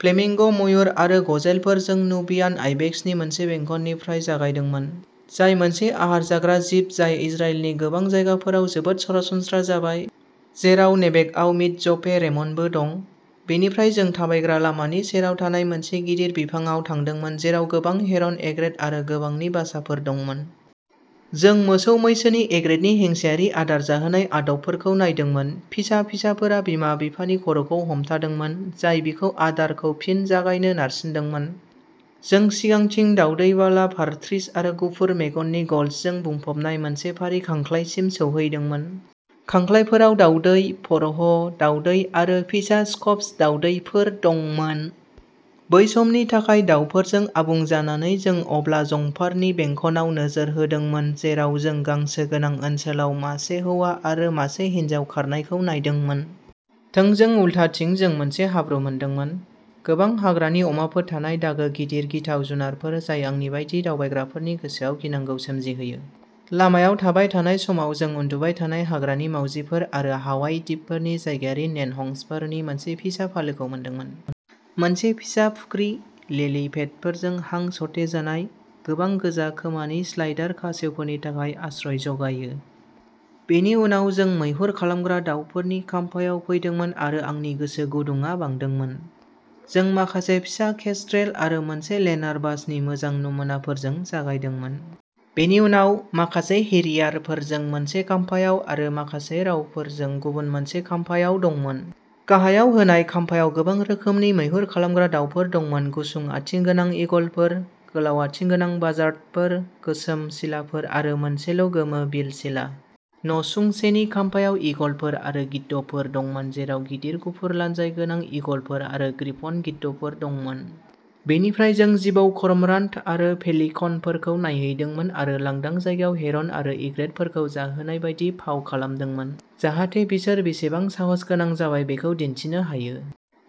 Fleming मयुर आरो गजेलफोर जों नुबियान आइबेक्सनि मोनसे बेंखननिफ्राय जागायदोंमोन, जाय मोनसे आहार जाग्रा जिब जाय इजराइलनि गोबां जायगाफोराव जोबोद सरासनस्रा जाबाय, जेराव नेगेभआव मिट्जपे रेमनबो दं। बेनिफ्राय जों थाबायग्रा लामानि सेराव थानाय मोनसे गिदिर बिफांआव थांदोंमोन जेराव गोबां हेरन एग्रेट आरो गोबांनि बासाफोर दंमोन। जों मोसौ मैसोनि एग्रेटनि हिंसायारि आदार जाहोनाय आदबफोरखौ नायदोंमोन, फिसा फिसाफोरा बिमा बिफानि खर'खौ हमथादोंमोन, जाय बेखौ आदारखौ फिन जागायनो नारसिनदोंमोन। जों सिगांथिं दावदै बाला पार्ट्रिज आरो गुफुर मेगननि गल्सजों बुंफबनाय मोनसे फारि खांख्लायसिम सौहैदोंमोन। खांख्लायफोराव दावदै, फर'ह, दावदै आरो फिसा स्कप्स दावदैफोर दंमोन। बै समनि थाखाय दावफोरजों आबुं जानानै जों अब्ला जंफारनि बेंखनआव नोजोर होदोंमोन जेराव जों गांसो गोनां ओनसोलाव मासे हौवा आरो मासे हिनजाव खारनायखौ नायदोंमोन। थोंजों उल्थाथिं जों मोनसे हाब्रु मोनदोंमोन। गोबां हाग्रानि अमाफोर थानाय दागो गिदिर गिथाव जुनारफोर जाय आंनि बायदि दावबायग्राफोरनि गोसोआव गिनांगौ सोमजिहोयो। लामायाव थाबाय थानाय समाव जों उन्दुबाय थानाय हाग्रानि मावजिफोर आरो हावाइ दिपफोरनि जायगायारि नेन हंसफोरनि मोनसे फिसा फालोखौ मोनदोंमोन। मोनसे फिसा फुख्रि, लिलि पेडफोरजों हां सरथेजानाय, गोबां गोजा खोमानि स्लाइडार खासेवफोरनि थाखाय आश्रय जगायो। बेनि उनाव जों मैहुर खालामग्रा दावफोरनि खाम्फायाव फैदोंमोन आरो आंनि गोसो गुदुंया बांदोंमोन। जों माखासे फिसा केस्ट्रेल आरो मोनसे लेनार बाजनि मोजां नमुनाफोरजों जागायदोंमोन। बेनि उनाव, माखासे हेरियारफोरजों मोनसे खाम्फायाव आरो माखासे रावफोरजों गुबुन मोनसे खाम्फायाव दंमोन। गाहायाव होनाय खाम्फायाव गोबां रोखोमनि मैहुर खालामग्रा दावफोर दंमोन गुसुं आथिं गोनां ईगलफोर, गोलाव आथिं गोनां बाजार्डफोर, गोसोम सिलाफोर आरो मोनसेल'गोमो बिल सिला। नसुंसेनि खाम्फायाव ईगलफोर आरो गिद्धफोर दंमोन जेराव गिदिर गुफुर लानजाय गोनां ईगलफोर आरो ग्रिफन गिद्धफोर दंमोन। बेनिफ्राय जों जिबौ करमरान्ट आरो पेलिकनफोरखौ नायहैदोंमोन आरो लांदां जायगायाव हेरन आरो इग्रेतफोरखौ जाहोनाय बायदि फाव खालामदोंमोन, जाहाथे बिसोर बेसेबां साहसगोनां जाबाय बेखौ दिन्थिनो हायो।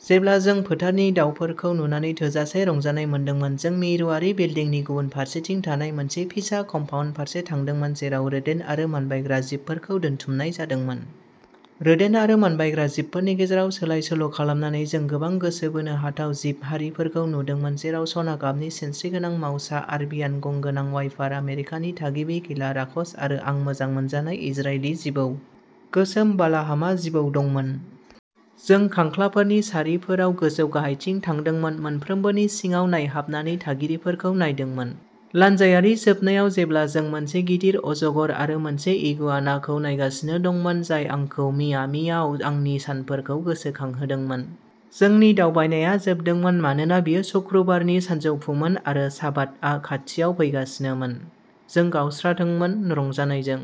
जेब्ला जों फोथारनि दावफोरखौ नुनानै थोजासे रंजानाय मोनदोंमोन जों मिरुआरि बिल्दिंनि गुबुन फारसेथिं थानाय मोनसे फिसा कम्पाउन्ड फारसे थांदोंमोन जेराव रोदेन्ट आरो मानबायग्रा जिबफोरखौ दोनथुमनाय जादोंमोन। रोदेन्ट आरो मानबायग्रा जिबफोरनि गेजेराव सोलाय सोल'खालामनानै जों गोबां गोसो बोनो हाथाव जिब हारिफोरखौ नुदोंमोन जेराव सना गाबनि सिनस्रि गोनां माउसा आरबियान गं गोनां वाइपार आमेरिकानि थागिबि गिला राक्षस आरो आंनि मोजां मोनजानाय इजरायली जिबौ, गोसोम बालाहामा जिबौ दंमोन। जों खांख्लाफोरनि सारिफोराव गोजौ-गाहायथिं थांदोंमोन मोनफ्रोमबोनि सिङाव नायहाबनानै थागिरिफोरखौ नायदोंमोन। लानजायारि जोबनायाव जेब्ला जों मोनसे गिदिर अजगर आरो मोनसे इगुआनाखौ नायगासिनो दंमोन जाय आंखौ मियामीआव आंनि सानफोरखौ गोसोखांहोदोंमोन। जोंनि दावबायनाया जोबदोंमोन मानोना बेयो सुक्रुबारनि सानजौफुमोन आरो शाबातआ खाथियाव फैगासिनोमोन। जों गावस्रादोंमोन रंजानायजों